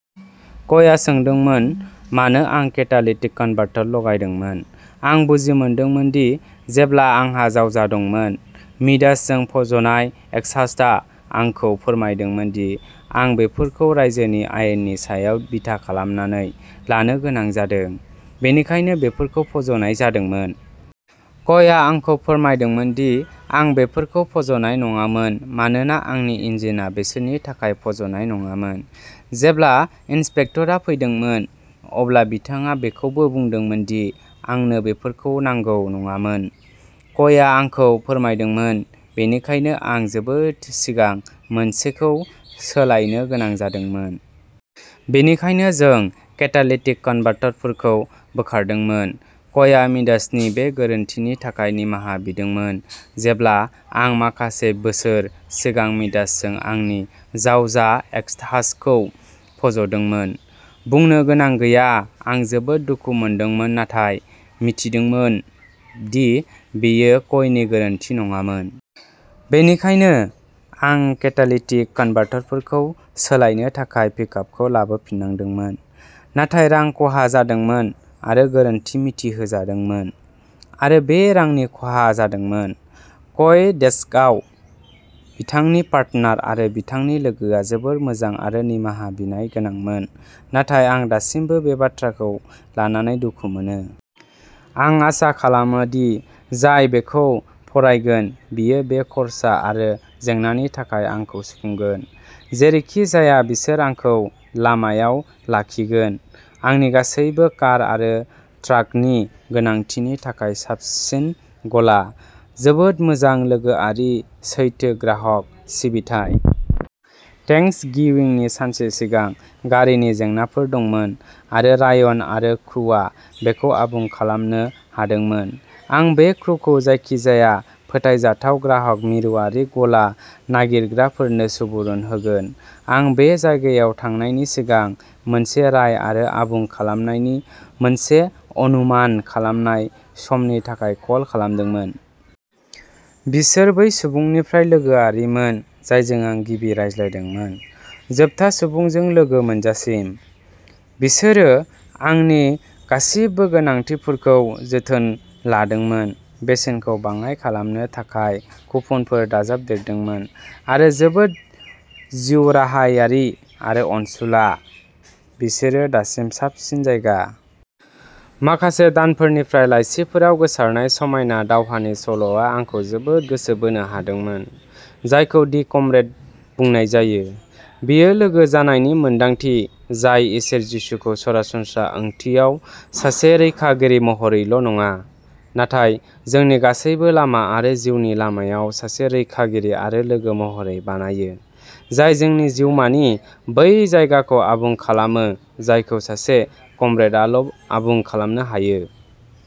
कयआ सोंदोंमोन मानो आं केटालिटिक कनभार्टर लागायदोंमोन? आं बुजिमोदोंमोन दि जेब्ला आंहा जावजा दंमोन। मिडास जों फज'नाय एक्सहास्टआ आंखौ फोरमायदोंमोन दि आं बेफोरखौ रायजोनि आयेननि सायाव बिथा खालामनानै लानो गोनां जादों, बेनिखायनो बेफोरखौ फज'नाय जादोंमोन। कयआ आंखौ फोरमायदोंमोन दि आं बेफोरखौ फज'नाय नाङामोन मानोना आंनि इन्जिनआ बिसोरनि थाखाय फज'नाय नङामोन। जेब्ला इन्सपेक्टरआ फैदोंमोन, अब्ला बिथाङा बेखौबो बुंदोंमोन दि आंनो बेफोरखौ नांगौ नङामोन। कयआ आंखौ फोरमायदोंमोन, बेनिखायनो आं जोबोद सिगां मोनसेखौ सोलायनो गोनां जादोंमोन। बेनिखायनो, जों केटालिटिक कनभार्टरफोरखौ बोखारदोंमोन। कयआ मिडासनि बे गोरोन्थिनि थाखाय निमाहा बिदोंमोन जेब्ला आं माखासे बोसोर सिगां मिडासजों आंनि जावजा एक्सहास्टखौ फज'दोंमोन। बुंनो गोनां गैया, आं जोबोद दुखु मोनदोंमोन नाथाय मिथिदोंमोन दि बेयो कयनि गोरोन्थि नङामोन। बेनिखायनो, आं केटालिटिक कनभार्टरफोरखौ सोलायनो थाखाय पिकआपखौ लाबोफिननांदोंमोन, नाथाय रां खहा जादोंमोन आरो गोरोन्थि मिथिहोजादोंमोन आरो बे रांनि खहा जादोंमोन। कय डेस्कआव बिथांनि पार्टनार आरो बिथांनि लोगोआ जोबोद मोजां आरो निमाहा बिनाय गोनांमोन, नाथाय आं दासिमबो बे बाथ्राखौ लानानै दुखु मोनो। आं आसा खालामो दि जाय बेखौ फरायगोन बियो बे खर्सा आरो जेंनानि थाखाय आंखौ सुफुंगोन। जेरैखि जाया बिसोर आंखौ लामायाव लाखिगोन। आंनि गासैबो कार आरो ट्राकनि गोनांथिनि थाखाय साबसिन गला। जोबोद मोजां, लोगोआरि, सैथो ग्राहक सिबिथाइ! थेंक्सगिविंनि सानसे सिगां गारिनि जेंनाफोर दंमोन आरो रायन आरो क्रुआ बेखौ आबुं खालामनो हादोंमोन। आं बे क्रुखौ जायखिजाया फोथायजाथाव ग्राहक मिरुआरि गला नागिरग्राफोरनो सुबुरुन होगोन! आं बे जायगायाव थांनायनि सिगां मोनसे राय आरो आबुं खालामनायनि मोनसे अनुमान खालामनाय समनि थाखाय कल खालामदोंमोन। बिसोर बै सुबुंनिफ्राय लोगोआरिमोन जायजों आं गिबि रायज्लायदोंमोन, जोबथा सुबुंजों लोगो मोनजासिम। बिसोरो आंनि गासिबो गोनांथिफोरखौ जोथोन लादोंमोन, बेसेनखौ बाङाइ खालामनो थाखाय कुपनफोर दाजाबदेरदोंमोन, आरो जोबोद जिउराहायारि आरो अनसुला। बिसोरो दासिम साबसिन जायगा। माखासे दानफोरनिफ्राय लाइसिफोराव गोसारनाय समायना दावहानि सल'आ आंखौ जोबोद गोसो बोनो हादोंमोन, जायखौ "दि कमरेड" बुंनाय जायो। बेयो लोगो जानायनि मोन्दांथि जाय इसोर जिसुखौ सरासनस्रा ओंथियाव सासे रैखागिरि महरैल'नङा, नाथाय जोंनि गासैबो लामा आरो जिउनि लामायाव सासे रैखागिरि आरो लोगो महरै बानायो, जाय जोंनि जिउमानि बै जायगाखौ आबुं खालामो जायखौ सासे कमरेडआल'आबुं खालामनो हायो।